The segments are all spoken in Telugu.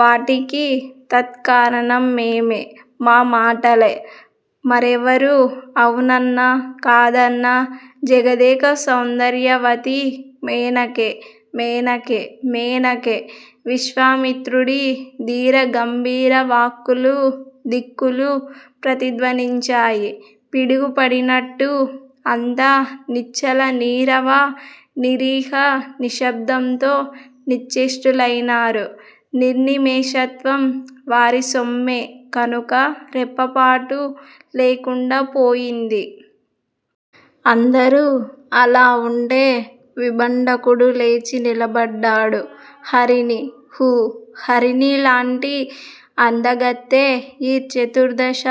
వాటికి తార్కాణం మేమే! మా మాటలే! మరెవరు అవునన్నా కాదన్నా జగదేక సౌందర్యవతి మేనకే! మేనకే! మేనకే!! విశ్వామిత్రుడి ధీర గంభీర వాక్కులు దిక్కులు ప్రతిధ్వనించాయి. పిడుగు పడినట్టు అంతా నిశ్చల నీరవ నిరీహ నిశ్శబ్దంతో నిశ్చేష్టులయినారు. నిర్నిమేషత్వం వారి సొమ్మే కనుక రెప్పపాటు లేకుండా పోయింది. అందరూ అలా ఉండే విభాండకుడు లేచి నిలబడ్డాడు. 'హరిణి! హూ! హరిణి లాంటి అందగత్తె ఈ చతుర్ధశ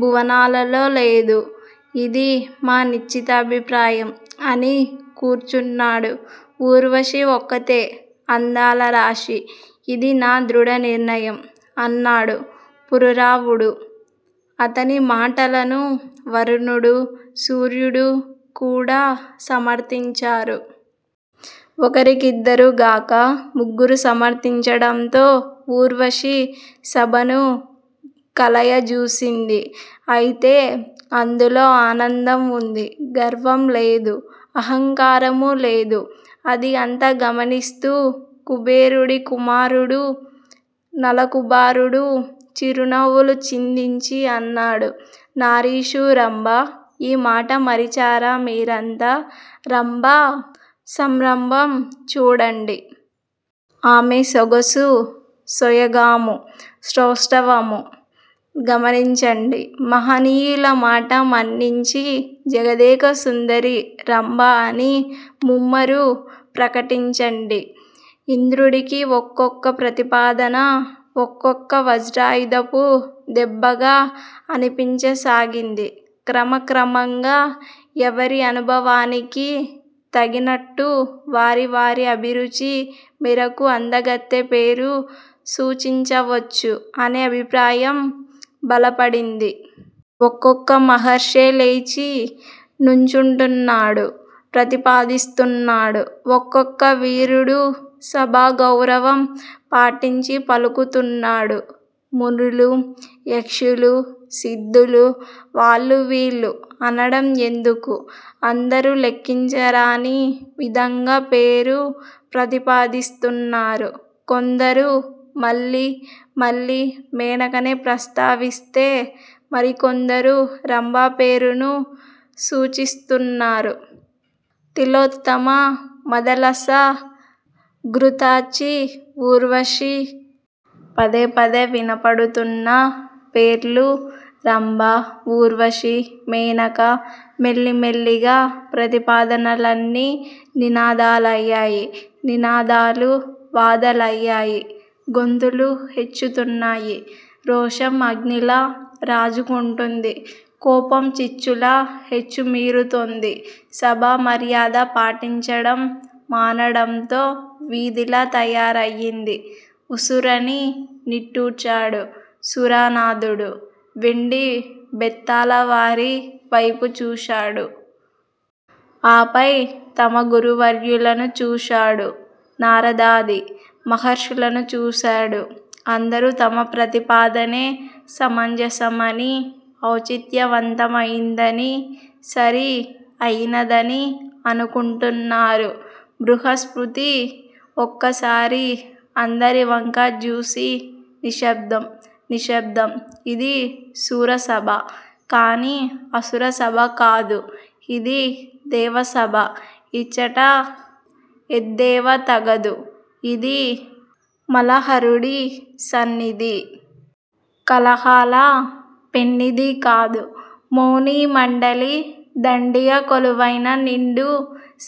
భువనాలలో లేదు! ఇది మా నిశ్చితాభిప్రాయం' అని కూర్చున్నాడు. 'ఊర్వశి ఒక్కతే అందాల రాశి. ఇది నా దృఢ నిర్ణయం' అన్నాడు పురూరవుడు. అతని మాటలను వరుణుడూ, సూర్యుడు కూడా సమర్ధించారు. ఒకరికిద్దరు గాక ముగ్గురు సమర్ధించడంతో ఊర్వశి సభను కలయజూసింది. ఐతే అందులో ఆనందం ఉంది. గర్వం లేదు. అహంకారమూ లేదు. అది అంతా గమనిస్తూ కుబేరుడి కుమారుడు నలకూబరుడు చిరునవ్వులు చిందించి అన్నాడు. 'నారీషు రంభా! ఈ మాట మరిచారా మీరంతా? రంభ సంరంభం చూడండి! ఆమె సొగసు సోయగమూ సౌష్టవమూ గమనించండి. మహనీయుల మాట మన్నించి జగదేక సుందరి రంభ అని ముమ్మారూ ప్రకటించండి! ' ఇంద్రుడికి ఒక్కొక్కరి ప్రతిపాదనా ఒక్కొక్క వజ్రాయుధపు దెబ్బగా అనిపించసాగింది. క్రమ క్రమంగా ఎవరి అనుభవానికి తగినట్టు వారి వారి అభిరుచి మేరకు అందగత్తె పేరు సూచించవచ్చు అనే అభిప్రాయం బలపడింది. ఒక్కొక్క మహర్షే లేచి నుంచుంటున్నాడు. ప్రతిపాదిస్తున్నాడు. ఒక్కొక్క వీరుడు సభా గౌరవం పాటించి పలుకుతున్నాడు. మునులు-యక్షులు-సిద్ధులు- వాళ్ళు వీళ్ళు అనడం ఎందుకు? అందరూ లెక్కించరాని విధంగా పేరు ప్రతిపాదిస్తున్నారు. కొందరు మళ్ళీ మళ్ళీ మేనకనే ప్రస్తావిస్తే మరికొందరు రంభ పేరును సూచిస్తున్నారు. తిలోత్తమ మదాలస, ఘ్రుతాచి, ఊర్వశి! పదేపదే వినపడుతున్న పేర్లు రంభ! ఊర్వశి! మేనక! మెలిమెల్లిగా ప్రతిపాదనలన్నీ నినాదాలయ్యాయి. నినాదాలు వాదాలయ్యాయి. గొంతులు హెచ్చుతున్నాయి. రోషం అగ్నిలా రాజుకుంటోంది. కోపం చిచ్చులా హెచ్చు మీరుతోంది. సభా మర్యాద పాటించడం మానడంతో వీధిలా తయారయింది. ఉస్సురని నిట్టూర్చాడు సురనాధుడు. వెండి బెత్తాలవారి వైపు చూశాడు. ఆపై తమ గురువర్యులణు చూశాడు. నారదాది మహర్షులను చూశాడు. అందరూ తమ ప్రతిపాదనే సమంజసమనీ-ఔచిత్యవంతమయిందనీ. సరి అయినదనీ అనుకుంటున్నారు. బృహస్పతి ఒక్కసారి అందరి వంకా జూసి 'నిశ్శబ్దం! నిశ్శబ్దం! ఇది సురసభ! కానీ అసుర సభ కాదు! ఇది దేవసభ. ఇచట యెద్దేవ తగదు! ఇది మలహరుడి సన్నిధి! కలహాల పెన్నిధి కాదు! మౌని మండలి దండిగా కొలువైన నిండు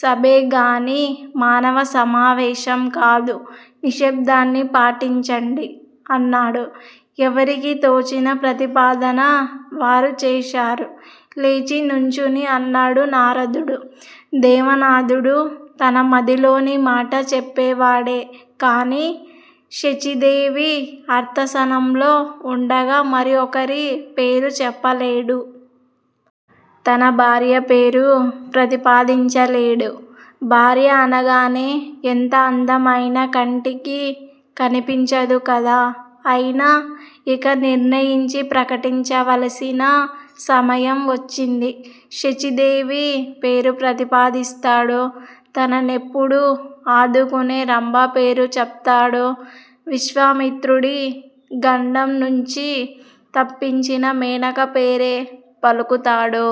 సభే గానీ మానవ సమావేశం కాదు. నిశ్శబ్దాన్ని పాటించండి' అన్నాడు. 'ఎవరికి తోచిన ప్రతిపాదన వారు చేశారు' లేచి నుంచుని అన్నాడు నారదుడు. 'దేవనాధుడు తన మదిలోని మాట చెప్పేవాడే కానీ శచీదేవి అర్ధాసనంలో ఉండగా మరొకరి పేరు చెప్పలేడు. తన భార్య పేరూ ప్రతిపాదించలేడూ. భార్య అనగానే ఎంత అందమైనా కంటికి కనిపించదు కదా! అయినా ఇక నిర్ణయించి ప్రకటించవలసిన సమయం వచ్చింది. శచీదేవి పేరు ప్రతిపాదిస్తాడో! తన నెప్పుడూ ఆదుకునే రంభ పేరు చెప్తాడో! విశ్వామిత్రుడి గండం నుంచి తప్పించిన మేనక పేరే పలుకుతాడో!